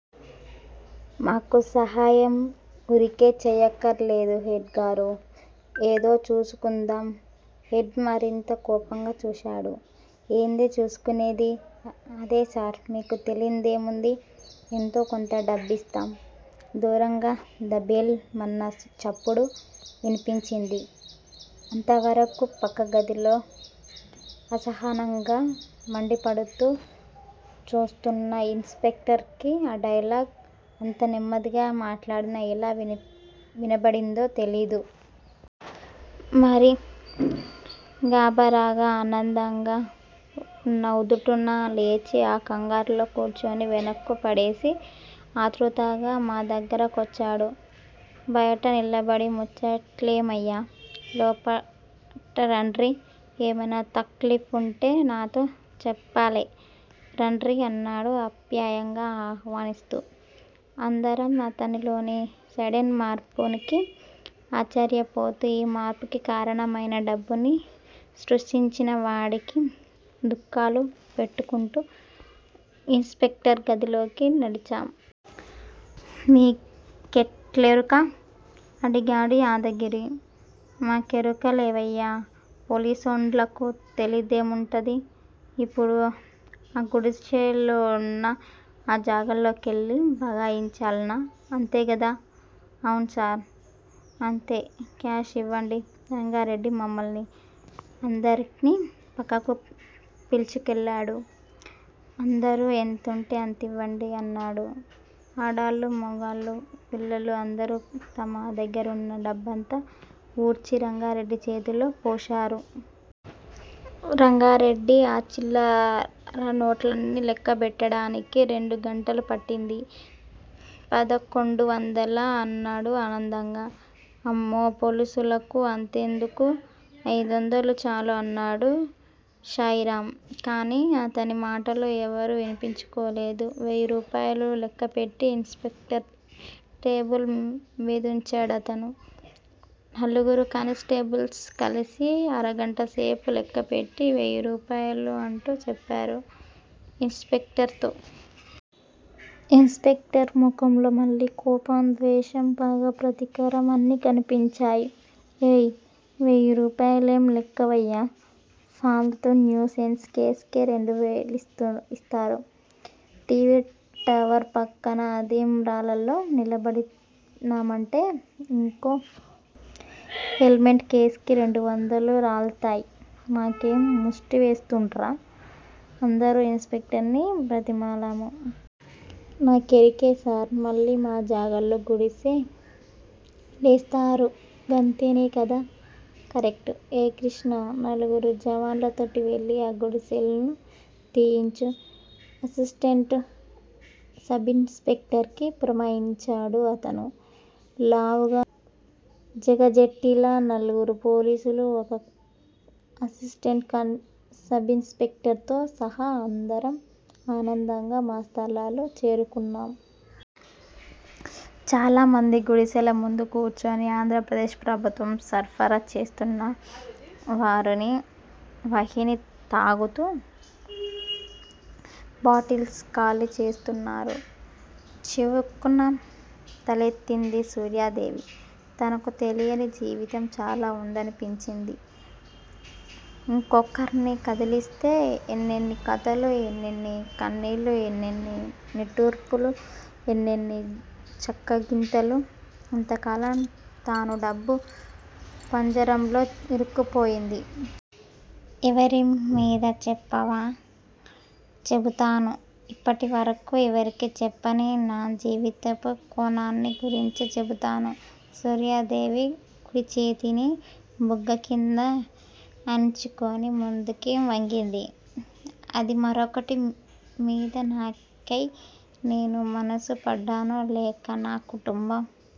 మాకు సహాయం వూరికే చేయక్కర్లేదు హెడ్ గారూ! ఏదో చూసుకుందాం హెడ్ మరింత కోపంగా చూశాడు. ఏంది చూసుకునేది. అదేసార్! మీకు తెలీందేముంది? ఎంతోకొంత డబ్బిస్తాం దూరంగా దభేల్ మన్న చప్పుడు వినిపించింది. అంతవరకూ పక్కగదిలో అసహనంగా, మండిపడుతూ చూస్తున్న ఇన్ స్పెక్టర్ కి ఆ డైలాగ్ అంత నెమ్మదిగా మాట్లాడినా ఎలా విన వినబడిందో తెలీదు. మరి! గాబరాగా, ఆనందంగా ఉన్న ఉదుటున లేచి ఆ కంగారులో కుర్చీని వెనక్కు పడేసి ఆత్రుతగా మా దగ్గర కొచ్చాడు. బయట నిలబడి ముచ్చట్లేమయ్యా! లోపటరాండ్రి, ఏమైనా తక్ లీఫుంటే నాతో చేప్పాలె! రాండ్రి అన్నాడు ఆప్యాయంగా ఆహ్వానిస్తూ. అందరం అతనిలోని సడెన్ మార్పుకి ఆశ్చర్యపోతూ, ఈ మార్పుకి కారణమైన డబ్బుని సృష్టించినవాడికి దుఖాలు పెట్టుకుంటూ ఇన్ స్పెక్టర్ గదిలోకి నడిచాం. మీ కెట్లెరుక? అడిగాడు యాదగిరి. మాకెరుక లేవయ్యా! పోలీసోండ్లకు తెలియదేముంటది? ఇప్పుడు ఆగుడిశె లో ఉన్న ఆ జాగల్లోకెళ్ళి భగాయించాల్న. అంతేగదా! అవున్సార్! అంతే కాష్ ఇవ్వండి! రంగారెడ్డి మమ్మల్ని అందరినీ పక్కకు పిల్చుకెళ్ళాడు. అందరూ ఎంతుంటే అంతివ్వండి అన్నాడు. ఆడాళ్ళూ, మగాళ్ళూ, పిల్లలూ అందరూ తమ దగ్గరున్న డబ్బంతా ఊడ్చి రంగారెడ్డి చేతిలో పోశారు. రంగారెడ్డి ఆ చిల్లర నోట్లన్నీ లెక్కబెట్టడానికి రెండు గంటలుపట్టింది. పదకొండు వందల అన్నాడు ఆనందంగా. అమ్మో! పోలీసులకు అంతెందుకు? అయిదొందలు చాలు అన్నాడు శాయిరామ్. కానీ అతని మాటలు ఎవరూ వినిపించుకోలేదు. వెయ్యి రూపాయలు లెక్కపెట్టి ఇన్ స్పెక్టర్ టేబుల్ మీదుంచాడతను. నలుగురు కానిస్టేబుల్స్ కలిసి అరగంటసేపు లెక్కపెట్టి వేయిరూపాయలు అంటూ చెప్పారు ఇన్ స్పెక్టర్ తో. ఇన్ స్పెక్టర్ ముఖంలో మళ్ళీ కోపం, ద్వేషం, పగ, ప్రతీకారం అన్నీ కనిపించినాయ్. ఏయ్! వెయ్యి రూపాయలేం లెక్కవయ్యా! ఫాల్తూ న్యూసెన్స్ కేస్ కే రెండు వేలిస్తారు! టీవీ టవర్ పక్కన అంధేరాలలో నిలబడినామంటే ఒక్కో హెల్మెట్ కేస్కి రెండొందలు రాల్తయ్! మాకేం ముష్టివేస్తున్రా? అందరు ఇన్ స్పెక్టర్ ని బ్రతిమాలాము. నాకెరుకే సార్! మళ్ళీ మా జాగాల్లో గుడిసె లేస్తారు గంతనే కదా! కరెక్ట్! ఏయ్ కృష్ణా! నలుగురు జవాన్లతోటి వెళ్ళి ఆ గుడిసెళు తీయించు అసిస్టెంట్ సబిన్ స్పెక్టర్ కి పురమాయించాడు అతను. లావుగా, జగజ్జెట్టీల్లా నలుగురు పోలీసులు. ఒక అసిస్టెంట్ సబిన్ స్పెక్టర్ తో సహా అందరం ఆనందంగా మా స్థలాలు చేరుకున్నాం! చాలామంది గుడిసెల ముందు కూర్చోని ఆంధ్రప్రదేశ్ ప్రభుత్వం సరఫరా చేస్తున్న వారుని వాహిని తాగుతూ, బాటిల్స్ ఖాళీ చేస్తున్నారు. చివుక్కున తలెత్తింది సూర్యాదేవి. తనకు తెలియని జీవితం చాలా వుందనిపించింది. ఒక్కొక్కర్ని కదిలిస్తే ఎన్నెన్ని కథలు, ఎన్నెన్ని కన్నీళ్ళు, ఎన్నెన్ని నిట్టూర్పులు, ఎన్నెన్ని చక్కగింతలు. ఇంతకాలం తాను డబ్బు పంజరంలో ఇరుక్కుపోయింది. ఎవరిమీద? చెప్పవా? చెబుతాను ఇప్పటివరకు ఎవరికీ చెప్పని నా జీవితపు కోణాన్ని గురించి చెబుతాను సూర్యాదేవి కుడిచేతిని బుగ్గకింద ఆనించుకుని ముందుకి వంగింది. ఇది మరొకటి మీద నాకై నేను మనసు పడ్డానో, లేక నా కుటుంబం